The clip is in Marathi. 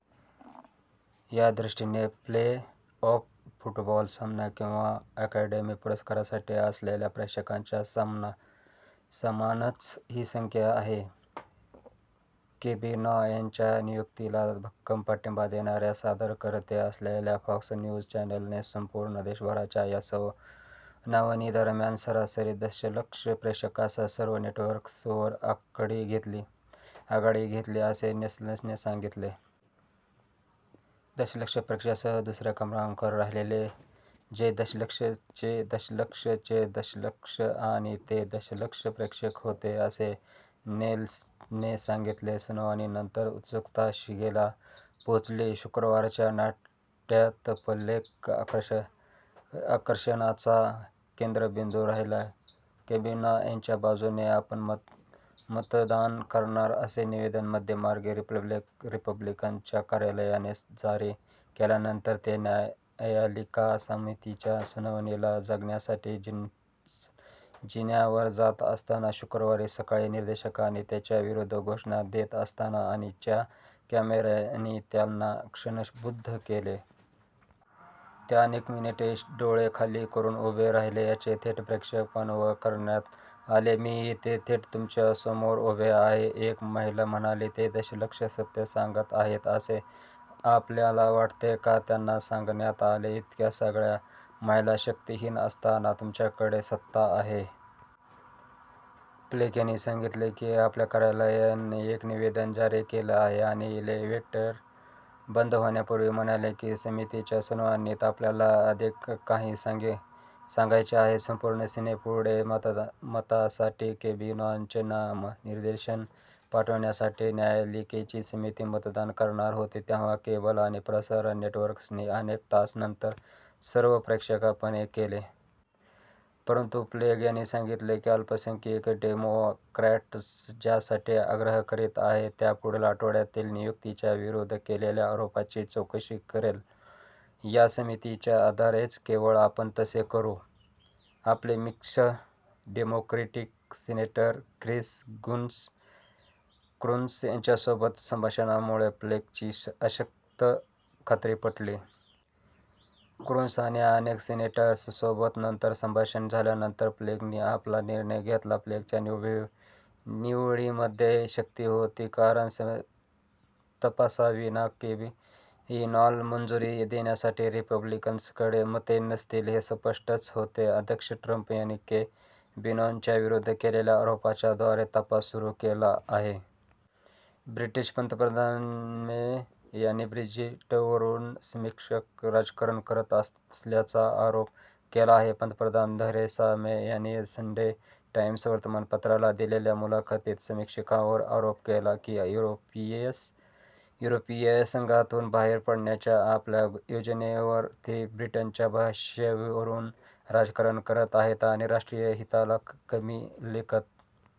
या दृष्टिने, प्लेऑफ फूटबॉल सामना किंवा अकॅडमी पुरस्कारासाठी असलेल्या प्रेक्षकांच्या समानच ही संख्या आहे. केवेनॉ यांच्या नियुक्तीला भक्कम पाठिंबा देणाऱ्या सादरकर्ते असलेल्या, फॉक्स न्यूज चॅनलने, संपूर्ण दिवसभराच्या या सुनावणीदरम्यान सरासरी दशलक्ष प्रेक्षकांसह सर्व नेटवर्क्सवर आघाडी घेतली, असे नेल्सनने सांगितले. दशलक्ष प्रेक्षकांसह दुसऱ्या क्रमांकावर राहिले. चे दशलक्ष, चे दशलक्ष, चे दशलक्ष आणि चे दशलक्ष प्रेक्षक होते, असं नेल्सनने सांगितलं. सुनावणीनंतर उत्सुकता शिगेला पोहोचली. शुक्रवारच्या नाट्यात फ्लेक आकर्षणाचा केंद्रबिंदू राहिला. केवेनॉ यांच्या बाजूने आपण मतदान करणार असे निवेदन मध्यमार्गी रिपब्लिकनच्या कार्यालयाने जारी केल्यानंतर, ते न्यायपालिका समितीच्या सुनावणीला जाण्यासाठी जिन्यावर जात असताना शुक्रवारी सकाळी निदर्शकांनी त्यांच्याविरुद्ध घोषणा देत असताना आणि च्या कॅमेऱ्यांनी त्यांना क्षणबद्ध केले. ते अनेक मिनिटे डोळे खाली करुन उभे राहिले, याचे थेट प्रक्षेपण वर करण्यात आले. "मी इथे थेट तुमच्यासमोर उभी आहे," एक महिला म्हणाली. "ते देशाला सत्य सांगत आहेत असे आपल्याला वाटते का? त्यांना सांगण्यात आले, "इतक्या सगळ्या महिला शक्तिहीन असताना तुमच्याकडे सत्ता आहे. " फ्लेक यांनी सांगितलं की आपल्या कार्यालयानं एक निवेदन जारी केलं आहे आणि इलेवेटर बंद होण्यापूर्वी म्हणाले, की समितीच्या सुनावणीत आपल्याला अधिक काही सांगायचे आहे. संपूर्ण सिनेटपुढे मतासाठी केवेनॉचे नामनिर्देशन पाठविण्यासाठी न्यायपालिका समिती मतदान करणार होती, तेव्हा केबल आणि प्रसारण नेटवर्क्सनी अनेक तास नंतर सर्व प्रक्षेपणे केले. परंतु फ्लेक यांनी सांगितले की अल्पसंख्याक डेमोक्रॅट्स ज्यासाठी आग्रह करीत आहेत, त्या पुढील आठवड्यातील नियुक्तच्या विरुद्ध केलेल्या आरोपांची चौकशी करेल या समजुतीच्या आधारेच केवळ आपण तसे करु. आपले मिक्ष, डेमोक्रेटिक सिनेटर ख्रिस कून्स यांच्यासोबत संभाषणांमुळे फ्लेकची अंशतः खात्री पटली. कून्स आणि अनेक सिनेटर्ससोबत नंतर संभाषण झाल्यानंतर, फ्लेकनी आपला निर्णय घेतला. फ्लेकच्या निवडीमध्ये शक्ति होती, कारण तपासाविना केवेनॉला मंजुरी देण्यासाठी रिपब्लिकन्सकडे मते नसतील हे स्पष्टच होते. अध्यक्ष ट्रम्प यांनी केवेनॉच्या विरुद्ध केलेल्या आरोपांचा द्वारे तपास सुरु केला आहे. ब्रिटीश पंतप्रधान मे यांनी ब्रेक्झिटवरुन समीक्षक 'राजकारण करत असल्याचा' आरोप केला आहे पंतप्रधान थेरेसा मे यांनी संडे टाईम्स वर्तमानपत्राला दिलेल्या मुलाखतीत समीक्षकांवर आरोप केला की युरोपिय संघातून बाहेर पडण्याच्या आपल्या योजनेवर ते ब्रिटनच्या भविष्यावरुन "राजकारण करत आहेत" आणि राष्ट्रीय हिताला कमी लेखत